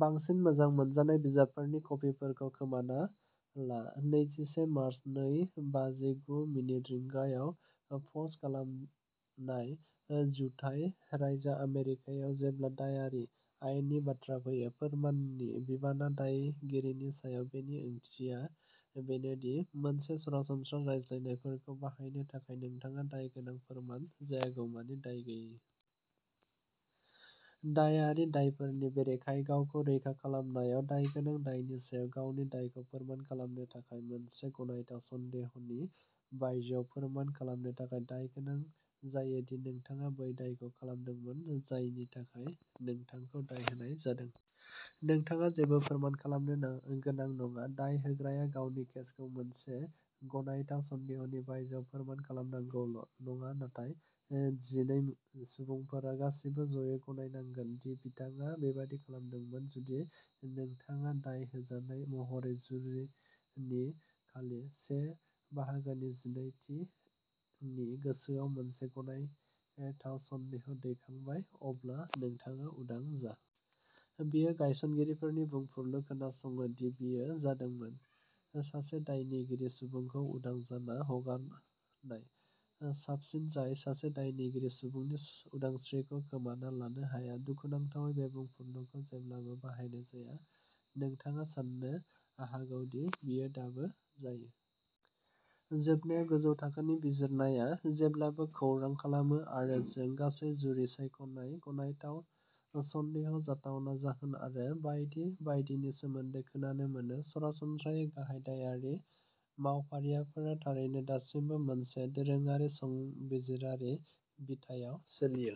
बांसिन मोजां मोनजानाय बिजाबफोरनि कपिफोरखौ खोमाना ला। नैजिसे मार्च, नै बाजि गु मिनिट रिंगायाव पस्ट खालामनाय। जुथाइ रायजो आमेरिकायाव, जेब्ला दायारि आयेननि बाथ्रा फैयो, फोरमाननि बिबाना दायगिरिनि सायाव। बेनि ओंथिया बेनोदि, मोनसे सरासनस्रा रायज्लायनायखौ बाहायनो थाखाय नोंथाङा दायगोनां फोरमान जायागौमानि दाय गैयै। दायारि दायफोरनि बेरेखायै गावखौ रैखा खालामनायाव, दायगोनां दायनि सायाव गावनि दायखौ फोरमान खालामनो थाखाय मोनसे गनायथाव सन्देहनि बायजोआव फोरमान खालामनो थाखाय दाय गोनां जायो दि नोंथाङा बै दायखौ खालामदोंमोन जायनि थाखाय नोंथांखौ दाय होनाय जादों। नोंथाङा जेबो फोरमान खालामनो गोनां नङा। दाय होग्राया गावनि केसखौ मोनसे गनायथाव सन्देहनि बायजोआव फोरमान खालामनांगौल' नङा नाथाय जिनै सुबुंफोरा गासिबो ज'यै गनायनांगोन दि बिथाङा बेबादि खालामदोंमोन। जुदि नोंथाङा दाय होजानाय महरै, जुरिनि खालि से बाहागोनि जिनै थि नि गोसोआव मोनसे गनायथाव सन्देह दैखांबाय, अब्ला नोंथाङा उदां जा। बेयो गायसनगिरिफोरनि बुंफुरलुखौ खोनासङो दि बेयो जादोंमोन। सासे दायनिगिरि सुबुंखौ उदां जाना हगारनाया साबसिन जाय सासे दायनिगिरि सुबुंनि उदांस्रिखौ खोमाना लानो हाया। दुखुनांथावै, बे बुंफुरलुखौ जेब्लाबो बाहायनाय जाया। नोंथाङा साननो हागौ दि बेयो दाबो जायो। जोबनायाव, गोजौ थाखोनि बिजिरनाया जेब्लाबो खौरां खालामो आरो जों गासै जुरि सायख'नाय गनायथाव सन्देह जाथावना जाहोन आरो बायदि बायदिनि सोमोन्दै खोनानो मोनो। सरासनस्रायै, गाहाय दायारि मावफारिफोरा थारैनो दासिमबो मोनसे दोरोङारि, संबिजिरारि बिथायाव सोलियो।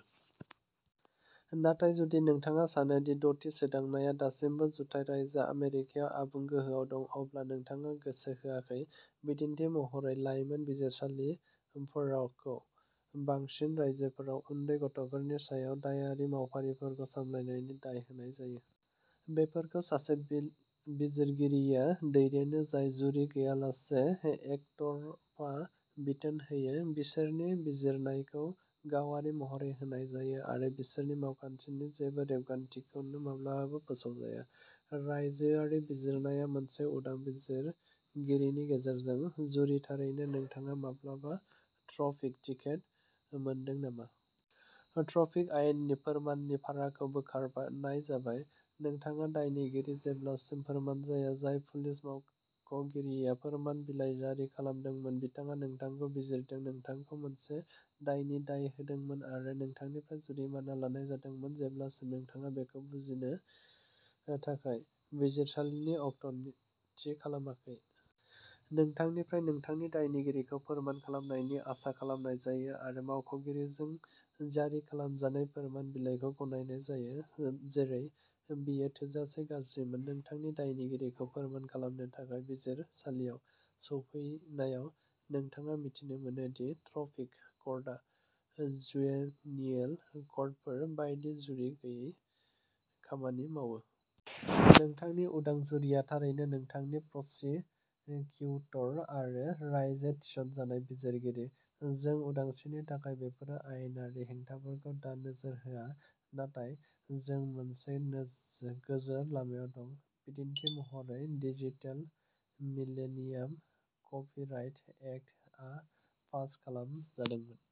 नाथाय जुदि नोंथाङा सानो दि द'थि सोदांनायआ दासिमबो जुथाइ रायजो आमेरिकायाव आबुं गोहोआव दं अब्ला नोंथाङा गोसो होआखै। बिदिन्थि महरै लाइमोन बिजिरसालिफोरखौ बांसिन रायजोफोराव उन्दै गथ'फोरनि सायाव दायारि मावफारिफोरखौ सामलायनायनि दाय होनाय जायो। बेफोरखौ सासे बिजिरगिरिया दैदेनो जाय जुरि गैयालासे एकतरफा बिथोन होयो, बिसोरनि बिजिरनायखौ गावारि महरै होनाय जायो, आरो बिसोरनि मावखान्थिनि जेबो रेबगान्थिखौ माब्लाबाबो फोसावजाया। रायजोआरि बिजिरनाया, मोनसे उदां बिजिरगिरिनि गेजेरजों। जुरि थारैनो, नोंथाङा माब्लाबा ट्राफिक टिकेट मोनदों नामा? ट्राफिक आयेननि फोरमाननि भाराखौ बोखारनाय जाबाय नोंथाङा दायनिगिरि जेब्लासिम फोरमान जाया। जाय पुलिस मावख'गिरिया फोरमान बिलाइ जारि खालामदोंमोन, बिथाङा नोंथांखौ बिजिरदों नोंथांखौ मोनसे दायनि दाय होदोंमोन आरो नोंथांनिफ्राय जुरिमाना लानाय जादोंमोन जेब्लासिम नोंथाङा बेखौ जुजिनो थाखाय बिजिरसालिनि अक्ट'थि खालामाखै। नोंथांनिफ्राय नोंथांनि दायनिगिरिखौ फोरमान खालामनायनि आसा खालामनाय जायो, आरो मावख'गिरिजों जारि खालामजानाय फोरमान बिलाइखौ गनायनाय जायो। जेरै बेयो थोजासे गाज्रिमोन, नोंथांनि दायनिगिरिखौ फोरमान खालामनो थाखाय बिजिरसालियाव सौफैनायाव नोंथाङा मिथिनो मोनो दि ट्राफिक कर्टआ जुवेनियेल कर्टफोर बायदि जुरि गैयै खामानि मावो। नोंथांनि उदां जुरिआ थारैनो नोंथांनि प्रसिकिउटर आरो रायजो थिसनजानाय बिजिरगिरि। जों उदांस्रिनि थाखाय बेफोर आयेनारि हेंथाफोरखौ दा नोजोर होआ नाथाय जों मोनसे गोजोर लामायाव दं। बिदिन्थि महरै डिजिटेल मिलेनियाम कपिराइट एक्ट आ पास खालामजादोंमोन।